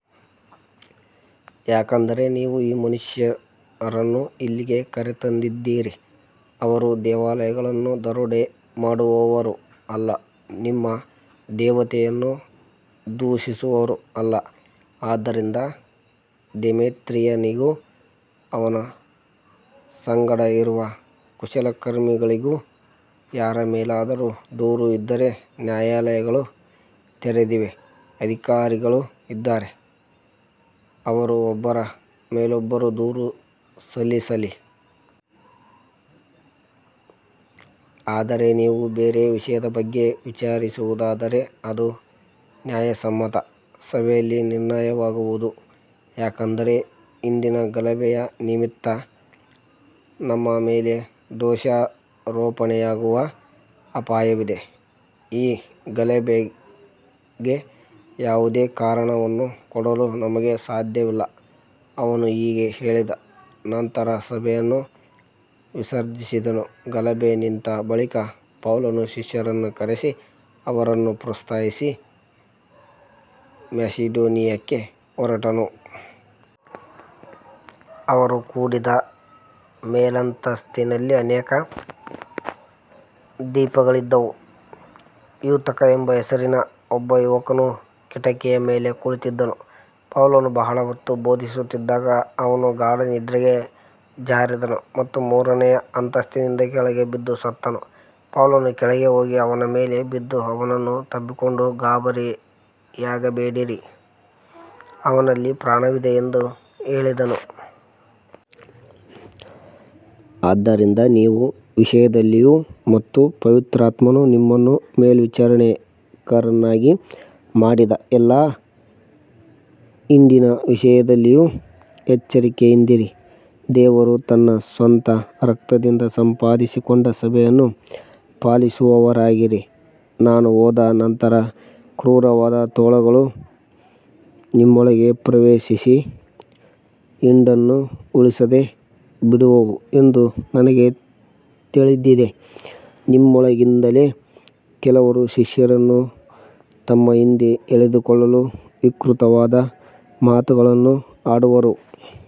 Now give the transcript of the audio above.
ಯಾಕಂದರೆ ನೀವು ಈ ಮನುಷ್ಯರನ್ನು ಇಲ್ಲಿಗೆ ಕರೆತಂದಿದ್ದೀರಿ, ಅವರು ದೇವಾಲಯಗಳನ್ನು ದರೋಡೆ ಮಾಡುವವರೂ ಅಲ್ಲ, ನಿಮ್ಮ ದೇವತೆಯನ್ನು ದೂಷಿಸುವವರೂ ಅಲ್ಲ. ಆದ್ದರಿಂದ ದೇಮೇತ್ರಿಯನಿಗೂ ಅವನ ಸಂಗಡ ಇರುವ ಕುಶಲಕರ್ಮಿಗಳಿಗೂ ಯಾರ ಮೇಲಾದರೂ ದೂರು ಇದ್ದರೆ ನ್ಯಾಯಾಲಯಗಳು ತೆರೆದಿವೆ, ಅಧಿಕಾರಿಗಳೂ ಇದ್ದಾರೆ, ಅವರು ಒಬ್ಬರ ಮೇಲೊಬ್ಬರು ದೂರು ಸಲ್ಲಿಸಲಿ. ಆದರೆ ನೀವು ಬೇರೆ ವಿಷಯದ ಬಗ್ಗೆ ವಿಚಾರಿಸುವುದಾದರೆ ಅದು ನ್ಯಾಯಸಮ್ಮತ ಸಭೆಯಲ್ಲಿ ನಿರ್ಣಯವಾಗುವುದು. ಯಾಕಂದರೆ ಇಂದಿನ ಗಲಭೆಯ ನಿಮಿತ್ತ ನಮ್ಮ ಮೇಲೆ ದೋಷಾರೋಪಣೆಯಾಗುವ ಅಪಾಯವಿದೆ, ಈ ಗಲಭೆಗೆ ಯಾವುದೇ ಕಾರಣವನ್ನು ಕೊಡಲು ನಮಗೆ ಸಾಧ್ಯವಿಲ್ಲ. ಅವನು ಹೀಗೆ ಹೇಳಿದ ನಂತರ ಸಭೆಯನ್ನು ವಿಸರ್ಜಿಸಿದನು. ಗಲಭೆ ನಿಂತ ಬಳಿಕ ಪೌಲನು ಶಿಷ್ಯರನ್ನು ಕರೆಸಿ ಅವರನ್ನು ಪ್ರೋತ್ಸಾಹಿಸಿ ಮ್ಯಾಸಿಡೋನಿಯಕ್ಕೆ ಹೊರಟನು. ಅವರು ಕೂಡಿದ್ದ ಮೇಲಂತಸ್ತಿನಲ್ಲಿ ಅನೇಕ ದೀಪಗಳಿದ್ದವು. ಯೂತುಕ ಎಂಬ ಹೆಸರಿನ ಒಬ್ಬ ಯುವಕನು ಕಿಟಕಿಯ ಮೇಲೆ ಕುಳಿತಿದ್ದನು. ಪೌಲನು ಬಹಳ ಹೊತ್ತು ಬೋಧಿಸುತ್ತಿದ್ದಾಗ ಅವನು ಗಾಢ ನಿದ್ರೆಗೆ ಜಾರಿದನು ಮತ್ತು ಮೂರನೆಯ ಅಂತಸ್ತಿನಿಂದ ಕೆಳಗೆ ಬಿದ್ದು ಸತ್ತನು. ಪೌಲನು ಕೆಳಗೆ ಹೋಗಿ ಅವನ ಮೇಲೆ ಬಿದ್ದು ಅವನನ್ನು ತಬ್ಬಿಕೊಂಡು, ಗಾಬರಿಯಾಗಬೇಡಿರಿ, ಅವನಲ್ಲಿ ಪ್ರಾಣವಿದೆ ಎಂದು ಹೇಳಿದನು. ಆದ್ದರಿಂದ ನಿಮ್ಮ ವಿಷಯದಲ್ಲಿಯೂ ಮತ್ತು ಪವಿತ್ರಾತ್ಮನು ನಿಮ್ಮನ್ನು ಮೇಲ್ವಿಚಾರಕರನ್ನಾಗಿ ಮಾಡಿದ ಎಲ್ಲಾ ಹಿಂಡಿನ ವಿಷಯದಲ್ಲಿಯೂ ಎಚ್ಚರಿಕೆಯಿಂದಿರಿ. ದೇವರು ತನ್ನ ಸ್ವಂತ ರಕ್ತದಿಂದ ಸಂಪಾದಿಸಿಕೊಂಡ ಸಭೆಯನ್ನು ಪಾಲಿಸುವವರಾಗಿರಿ. ನಾನು ಹೋದ ನಂತರ ಕ್ರೂರವಾದ ತೋಳಗಳು ನಿಮ್ಮೊಳಗೆ ಪ್ರವೇಶಿಸಿ ಹಿಂಡನ್ನು ಉಳಿಸದೆ ಬಿಡುವವು ಎಂದು ನನಗೆ ತಿಳಿದಿದೆ. ನಿಮ್ಮೊಳಗಿಂದಲೇ ಕೆಲವರು ಶಿಷ್ಯರನ್ನು ತಮ್ಮ ಹಿಂದೆ ಎಳೆದುಕೊಳ್ಳಲು ವಿಕೃತವಾದ ಮಾತುಗಳನ್ನು ಆಡುವರು.